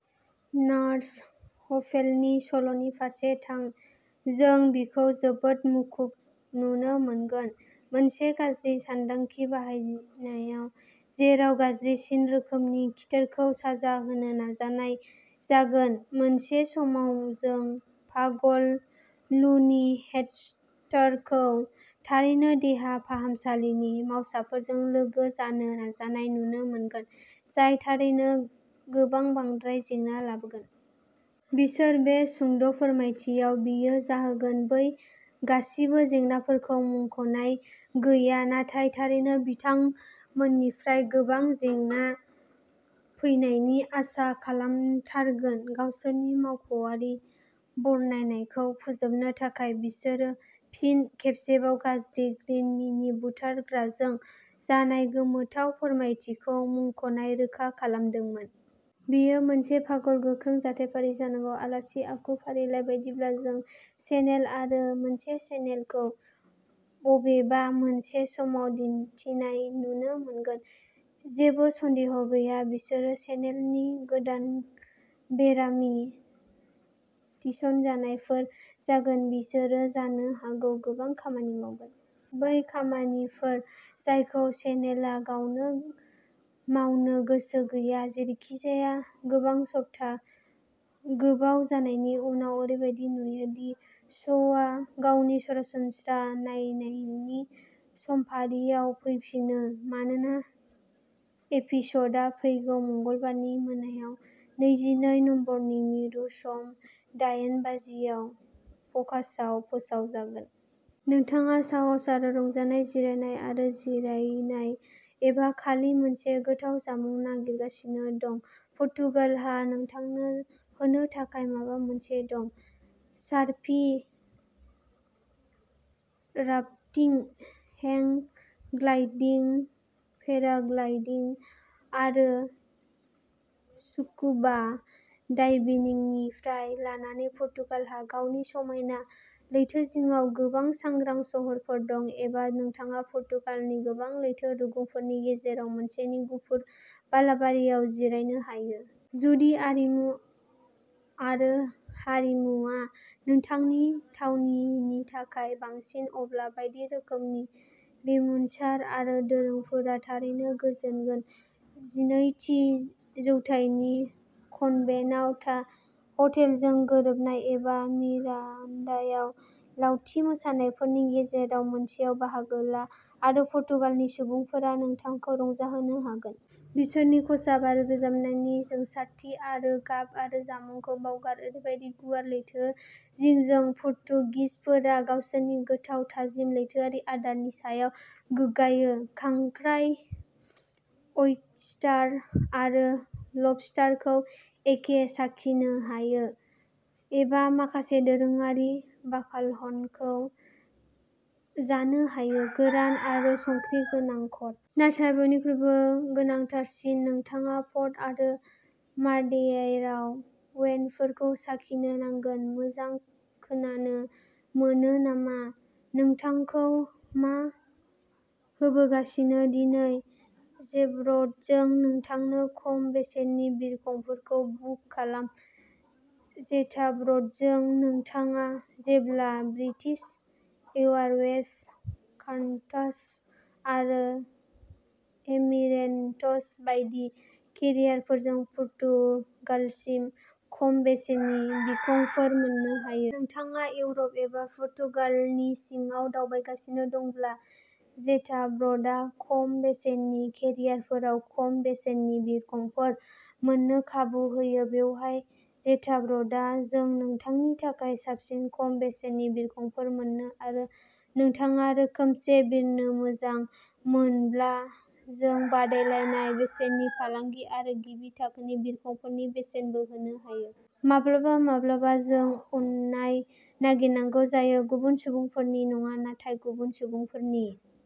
Nurse हफेलनि सल'नि फारसे थां। जों बिखौ जोबोद मुखुब नुनो मोनगोन, मोनसे गाज्रि सानथांखि बाहायनायाव, जेराव गाज्रिसिन रोखोमनि खिथेरखौ साजा होनो नाजानाय जागोन मोनसे समाव, जों पागल, लुनि हेस्टारखौ थारैनो देहा फाहामसालिनि मावसाफोरजों लोगो जानो नाजानाय नुनो मोनगोन, जाय थारैनो गोबां बांद्राय जेंना लाबोगोन। बिसोर बे सुंद' फोरमायथियाव बियो जाहोगोन बै गासैबो जेंनाफोरखौ मुंख'नाय गैया, नाथाय थारैनो बिथांनिफ्राय गोबां जेंना फैनायनि आसा खालामथारगोन। गावसोरनि मावख'आरि बरनायनायखौ फोजोबनो थाखाय, बिसोरो फिन खेबसेबाव, गाज्रि ग्रीन मिनि बुथारग्राजों जानाय गोमोथाव फोरमायथिखौ मुंख'नाय रोखा खालामदोंमोन। बेयो मोनसे पागल, गोख्रों जाथायफारि जानांगौ। आलासि आखु फारिलाइनि बायदिब्ला, जों चेनेल आरो मोनसे चेनेल खौ बबेबा मोनसे समाव दिन्थिनाय नुनो मोनगोन। जेबो सन्देह गैया, बिसोरो चेनेलनि गोदान बेरामि थिसनजानायफोर जागोन। बिसोरो जानो हागौ गोबां खामानि मावगोन। बै खामानिफोर जायखौ शनेलआ गावनो मावनो गोसो गैया। जेरैखिजाया, गोबां सप्ता गोबाव जानायनि उनाव, ओरैबायदि नुयो दि श'आ गावनि सरासनस्रा नायनायनि समफारियाव फैफिनो मानोना एपिसडआ फैगौ मंगलबारनि मोनायाव, नैजिनै नबेम्बरनि मिरु सम दायेन बाजियाव फक्सआव फोसावजागोन। नोंथाङा साहस आरो रंजानाय, जिरायनाय आरो जिरायनाय, एबा खालि मोनसे गोथाव जामुं नागिरगासिनो दं, पर्तुगालहा नोंथांनो होनो थाखाय माबा मोनसे दं। Surfing, rafting, hang gliding, paragliding आरो स्कुबा डाइभिंनिफ्राय लानानै, पर्तुगालहा गावनि समायना लैथोजिंआव गोबां सांग्रां साहसफोर दं एबा नोंथाङा पर्तुगालनि गोबां लैथो रुगुंफोरनि गेजेराव मोनसेनि गुफुर बालाबारियाव जिरायनो हायो। जुदि आरिमु आरो हारिमुआ नोंथांनि थावनायनि थाखाय बांसिन, अब्ला बायदि रोखोमनि बुमिनसार आरो दोरोंफोरा थारैनो गोजोनगोन। जिनैथि जौथाइनि कन्भेन्टआव था, हटेलजों गोरोबनाय, एबा मिरान्डायाव लावथि मोसानायफोरनि गेजेराव मोनसेयाव बाहागो ला आरो पर्तुगालनि सुबुंफोरा नोंथांखौ रंजाहोनो हागोन। बिसोरनि खसाब आरो रोजाबनायनि जोंसारथि आरो गाब आरो जामुंखौ बावगार ओरैबायदि गुवार लैथोजिंजों, पर्तुगिसफोरा गावसोरनि गोथाव, थाजिम लैथोआरि आदारनि सायाव गोग्गायो। खांख्राय, ऑयस्टार आरो लबस्टारखौ एसे साखिनो हायो एबा माखासे दोरोङारि बाकालहानखौ जानो हायो गोरान आरो संख्रि गोनां कड। नाथाय बयनिख्रुइबो गोनांथारसिन, नोंथाङा पर्ट आरो मादेइरा वाइनफोरखौ साखिनो नांगोन। मोजां खोनानो मोनो नामा? नोंथांखौ मा होबोगासिनो? दिनै जेटाब्र'डजों नोंथांनो खम बेसेननि बिरखंफोरखौ बुक खालाम जेटाब्र'डजों नोंथाङा जेब्लाबो ब्रिटिश एयारवेज, कान्टास आरो एमिरेटस बायदि केरियारफोरजों पर्तुगालसिम खम बेसेननि बिरखंफोर मोननो हायो। नोंथाङा इउर'प एबा पर्तुगालनि सिङाव दावबायगासिनो दंब्ला, जेटाब्र'डआ खम बेसेननि केरियारफोराव खम बेसेननि बिरखंफोर मोननो खाबु होयो। बेवहाय जेटाब्र'डआव जों नोंथांनि थाखाय साबसिन खम बेसेननि बिरखंफोर मोनो आरो नोंथाङा रोखोमसे बिरनो मोजां मोनोब्ला जों बादायलायनाय बेसेननि फालांगि आरो गिबि थाखोनि बिरखंफोरनि बेसेनबो होनो हायो। माब्लाबा माब्लाबा जों अननाय नागिरनांगौ जायो गुबुन सुबुंफोरनिफ्राय नङा नाथाय गुबुन सुबुंफोरनि